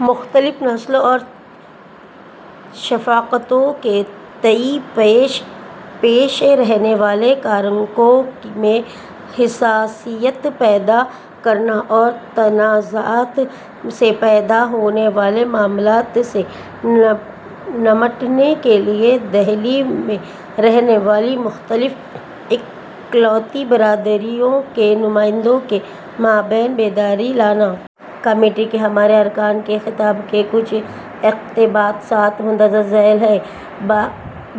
مختلف نسلوں اور ثقافتوں کے تئیں پیش پیش رہنے والے کارکنوں میں حساسیت پیدا کرنا اور تنازعات سے پیدا ہونے والے معاملات سے نمٹنے کے لیے دہلی میں رہنے والی مختلف اقلیتی برادریوں کے نمائندوں کے مابین بیداری لانا۔ کمیٹی کے ہمارے ارکان کے خطاب کے کچھ اقتباسات مندرجہ ذیل ہیں۔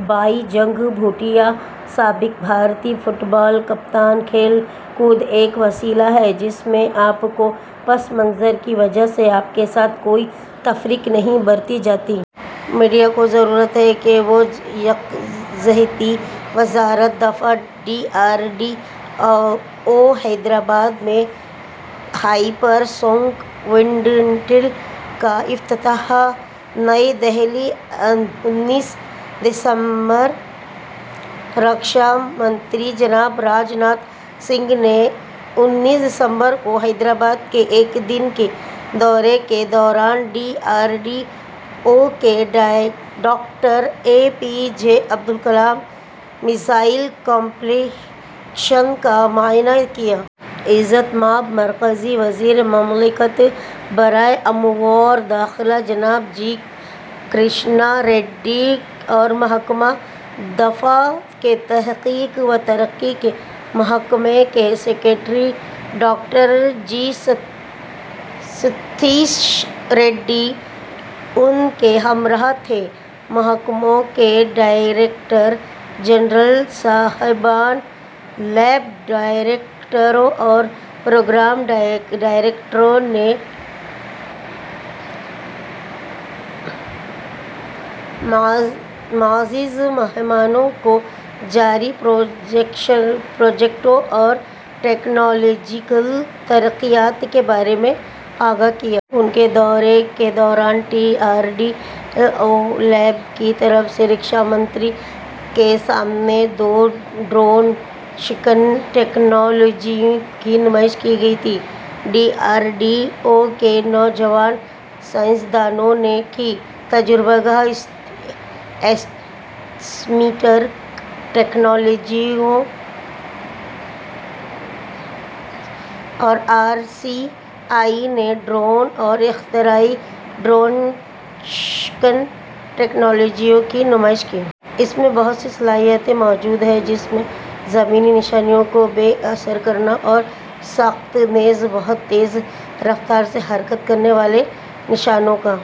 بائی چنگ بھوٹیا، سابق بھارتی فٹبال کپتان۔ کھیل کود ایک وسیلہ ہے جس میں آپ کے پس منظر کی وجہ سے آپ کے ساتھ کوئی تفریق نہیں برتی جاتی۔ میڈیا کو ضرورت ہے کہ وہ یکجہتی۔ وزارت دفاع۔ D R D O Hyderabad میں ہائپر سونک ونڈ ٹنل کا افتتاح۔ نئی دہلی، انیس دسمبر۔ رکشا منتری جناب راج ناتھ سنگھ نے انیس دسمبر کو حیدرآباد کے ایک دن کے دورے کے دوران ڈی آر ڈی او کے doctor A P J Abdul Kalam missile complex کا معائنہ کیا۔ عزت مآب مرکزی وزیر مملکت برائے امور داخلہ جناب جی کرشنا ریڈی اور محکمہ دفاع کے تحقیق و ترقی کے محکمے کے secretary doctor G Satheesh Reddy ان کے ہمراہ تھے۔ محکموں کے ڈائریکٹر جنرل صاحبان، لیب ڈائریکٹروں اور پروگرام ڈائریکٹروں نے معزز مہمانوں کو جاری پروجیکٹوں اور ٹیکنالوجیکل ترقیات کے بارے میں آگاہ کیا۔ ان کے دورے کے دوران D R D O lab کی طرف سے رکشا منتری کے سامنے دو ڈرون شکن ٹیکنالوجیوں کی نمائش کی گئی تھی۔ ڈی آر ڈی او کی نوجوان سائنسدانوں کی تجربہ گاہ، ایسمیٹرک ٹیکنالوجیز اور آر سی آئی نے ڈرون اور اختراعی ڈرون شکن ٹیکنالوجیوں کی نمائش کی۔ اس میں بہت سی صلاحیتیں موجود ہیں جس میں زمینی نشانوں کو بے اثر کرنا اور ساکت نیز بہت تیز رفتار سے حرکت کرنے والے نشانوں کا